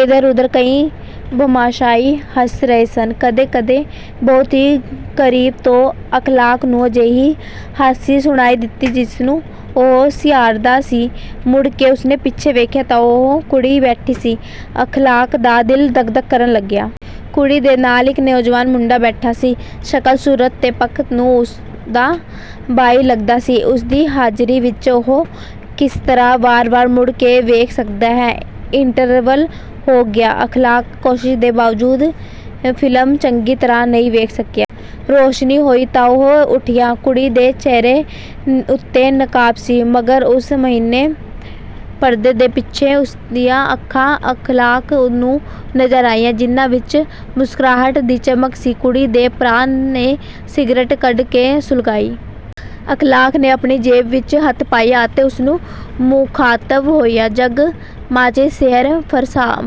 ਇੱਧਰ-ਉੱਧਰ ਕਈ ਤਮਾਸ਼ਾਈ ਹੱਸ ਰਹੇ ਸਨ। ਕਦੇ-ਕਦੇ ਬਹੁਤ ਹੀ ਕਰੀਬ ਤੋਂ ਅਖ਼ਲਾਕ ਨੂੰ ਅਜਿਹੀ ਹਾਸੀ ਸੁਣਾਈ ਦਿੱਤੀ ਜਿਸਨੂੰ ਉਹ ਸਿਆਣਦਾ ਸੀ। ਮੁੜ ਕੇ ਉਸਨੇ ਪਿੱਛੇ ਵੇਖਿਆ ਤਾਂ ਉਹੀ ਕੁੜੀ ਬੈਠੀ ਸੀ। ਅਖ਼ਲਾਕ ਦਾ ਦਿਲ ਧੱਕ-ਧੱਕ ਕਰਨ ਲੱਗਿਆ। ਕੁੜੀ ਦੇ ਨਾਲ ਇੱਕ ਨੌਜਵਾਨ ਮੁੰਡਾ ਬੈਠਾ ਸੀ। ਸ਼ਕਲ-ਸੂਰਤ ਦੇ ਪੱਖ ਤੋਂ ਉਹ ਇਸਦਾ ਭਾਈ ਲੱਗਦਾ ਸੀ। ਉਸਦੀ ਹਾਜ਼ਰੀ ਵਿੱਚ ਉਹ ਕਿਸ ਤਰ੍ਹਾਂ ਵਾਰ-ਵਾਰ ਮੁੜ ਕੇ ਵੇਖ ਸਕਦਾ ਸੀ। ਇੰਟਰਵਲ ਹੋ ਗਿਆ। ਅਖ਼ਲਾਕ ਕੋਸ਼ਿਸ਼ ਦੇ ਬਾਵਜੂਦ ਫਿਲਮ ਚੰਗੀ ਤਰ੍ਹਾਂ ਨਹੀਂ ਵੇਖ ਸਕਿਆ। ਰੋਸ਼ਨੀ ਹੋਈ ਤਾਂ ਉਹ ਉੱਠਿਆ। ਕੁੜੀ ਦੇ ਚਿਹਰੇ ਉੱਤੇ ਨਕਾਬ ਸੀ, ਮਗਰ ਉਸ ਮਹੀਨ ਪਰਦੇ ਦੇ ਪਿੱਛੇ ਉਸਦੀਆਂ ਅੱਖਾਂ ਅਖ਼ਲਾਕ ਨੂੰ ਨਜ਼ਰ ਆਈਆਂ, ਜਿਨ੍ਹਾਂ ਵਿੱਚ ਮੁਸਕੁਰਾਹਟ ਦੀ ਚਮਕ ਸੀ। ਕੁੜੀ ਦੇ ਭਰਾ ਨੇ ਸਿਗਰਟ ਕੱਢ ਕੇ ਸੁਲਗਾਈ। ਅਖ਼ਲਾਕ ਨੇ ਆਪਣੀ ਜੇਬ ਵਿੱਚ ਹੱਥ ਪਾਇਆ ਅਤੇ ਉਸਨੂੰ ਮੁਖ਼ਾਤਬ ਹੋਇਆ, "ਜਰਾ ਮਾਚਿਸ ਮਿਹਰ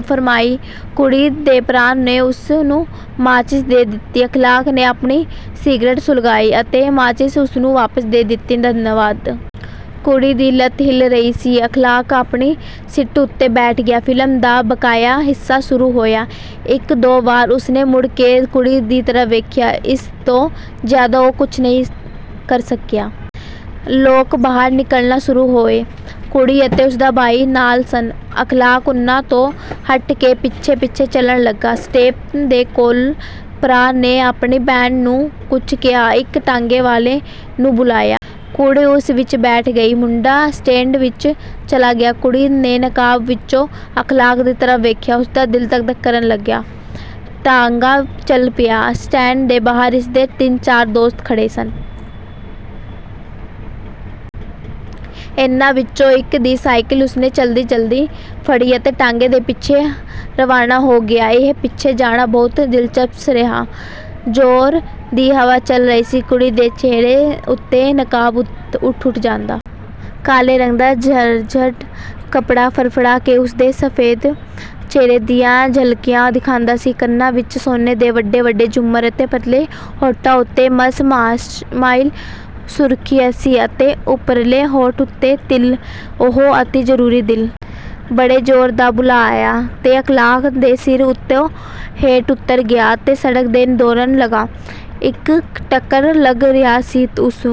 ਫ਼ਰਮਾਓ।" ਕੁੜੀ ਦੇ ਭਰਾ ਨੇ ਉਸਨੂੰ ਮਾਚਿਸ ਦੇ ਦਿੱਤੀ। ਅਖ਼ਲਾਕ ਨੇ ਆਪਣੀ ਸਿਗਰਟ ਸੁਲਗਾਈ ਅਤੇ ਮਾਚਿਸ ਉਸਨੂੰ ਵਾਪਸ ਦੇ ਦਿੱਤੀ, "ਧੰਨਵਾਦ।" ਕੁੜੀ ਦੀ ਲੱਤ ਹਿੱਲ ਰਹੀ ਸੀ। ਅਖ਼ਲਾਕ ਆਪਣੀ ਸੀਟ ਉੱਤੇ ਬੈਠ ਗਿਆ। ਫਿਲਮ ਦਾ ਬਕਾਇਆ ਹਿੱਸਾ ਸ਼ੁਰੂ ਹੋਇਆ। ਇੱਕ-ਦੋ ਵਾਰ ਉਸਨੇ ਮੁੜ ਕੇ ਕੁੜੀ ਦੀ ਤਰਫ਼ ਵੇਖਿਆ। ਇਸ ਤੋਂ ਜ਼ਿਆਦਾ ਉਹ ਕੁੱਝ ਨਹੀਂ ਕਰ ਸਕਿਆ। ਲੋਕ ਬਾਹਰ ਨਿਕਲਣਾ ਸ਼ੁਰੂ ਹੋਏ। ਕੁੜੀ ਅਤੇ ਉਸਦਾ ਭਾਈ ਨਾਲ ਸਨ। ਅਖ਼ਲਾਕ ਉਨ੍ਹਾਂ ਤੋਂ ਹੱਟ ਕੇ ਪਿੱਛੇ-ਪਿੱਛੇ ਚਲਣ ਲੱਗਾ। ਸਟੈਂਡ ਦੇ ਕੋਲ ਭਰਾ ਨੇ ਆਪਣੀ ਭੈਣ ਨੂੰ ਕੁੱਝ ਕਿਹਾ। ਇੱਕ ਟਾਂਗੇ ਵਾਲੇ ਨੂੰ ਬੁਲਾਇਆ। ਕੁੜੀ ਉਸ ਵਿੱਚ ਬੈਠ ਗਈ। ਮੁੰਡਾ ਸਟੈਂਡ ਵਿੱਚ ਚਲਾ ਗਿਆ। ਕੁੜੀ ਨੇ ਨਕਾਬ ਵਿੱਚੋਂ ਅਖ਼ਲਾਕ ਦੀ ਤਰਫ਼ ਵੇਖਿਆ। ਉਸਦਾ ਦਿਲ ਧੱਕ-ਧੱਕ ਕਰਨ ਲੱਗਾ। ਟਾਂਗਾ ਚੱਲ ਪਿਆ। ਸਟੈਂਡ ਦੇ ਬਾਹਰ ਇਸਦੇ ਤਿੰਨ-ਚਾਰ ਦੋਸਤ ਖੜ੍ਹੇ ਸਨ। ਇਹਨਾਂ ਵਿੱਚੋਂ ਇੱਕ ਦੀ ਸਾਈਕਲ ਉਸਨੇ ਜਲਦੀ-ਜਲਦੀ ਫੜੀ ਅਤੇ ਟਾਂਗੇ ਦੇ ਪਿੱਛੇ ਰਵਾਨਾ ਹੋ ਗਿਆ। ਇਹ ਪਿੱਛੇ ਜਾਣਾ ਬਹੁਤ ਦਿਲਚਸਪ ਰਿਹਾ। ਜ਼ੋਰ ਦੀ ਹਵਾ ਚੱਲ ਰਹੀ ਸੀ। ਕੁੜੀ ਦੇ ਚਿਹਰੇ ਉੱਤੋਂ ਨਕਾਬ ਉੱਠ-ਉੱਠ ਜਾਂਦਾ। ਕਾਲੇ ਰੰਗ ਦਾ ਜਾਰਜਟ ਕੱਪੜਾ ਫੜਫੜਾ ਕੇ ਉਸਦੇ ਸਫੈਦ ਚਿਹਰੇ ਦੀਆਂ ਝਲਕੀਆਂ ਦਿਖਾਂਦਾ ਸੀ। ਕੰਨਾਂ ਵਿੱਚ ਸੋਨੇ ਦੇ ਵੱਡੇ-ਵੱਡੇ ਝੂਮਰ ਸਨ। ਪਤਲੇ-ਪਤਲੇ ਹੋਠਾਂ ਉੱਤੇ ਮੱਸ-ਮਾਇਲ ਸੁਰਖੀ ਸੀ ਅਤੇ ਉਪਰਲੇ ਹੋਠ ਉੱਤੇ ਤਿਲ, ਉਹ ਅਤਿ ਜ਼ਰੂਰੀ ਤਿਲ। ਬੜੇ ਜ਼ੋਰ ਦਾ ਬੁੱਲਾ ਆਇਆ ਤਾਂ ਅਖ਼ਲਾਕ ਦੇ ਸਿਰ ਉੱਤੋਂ ਹੈਟ ਉੱਤਰ ਗਿਆ ਅਤੇ ਸੜਕ ਤੇ ਦੌੜਨ ਲੱਗਾ। ਇੱਕ ਟਰੱਕ ਲੰਘ ਰਿਹਾ ਸੀ। ਉਸ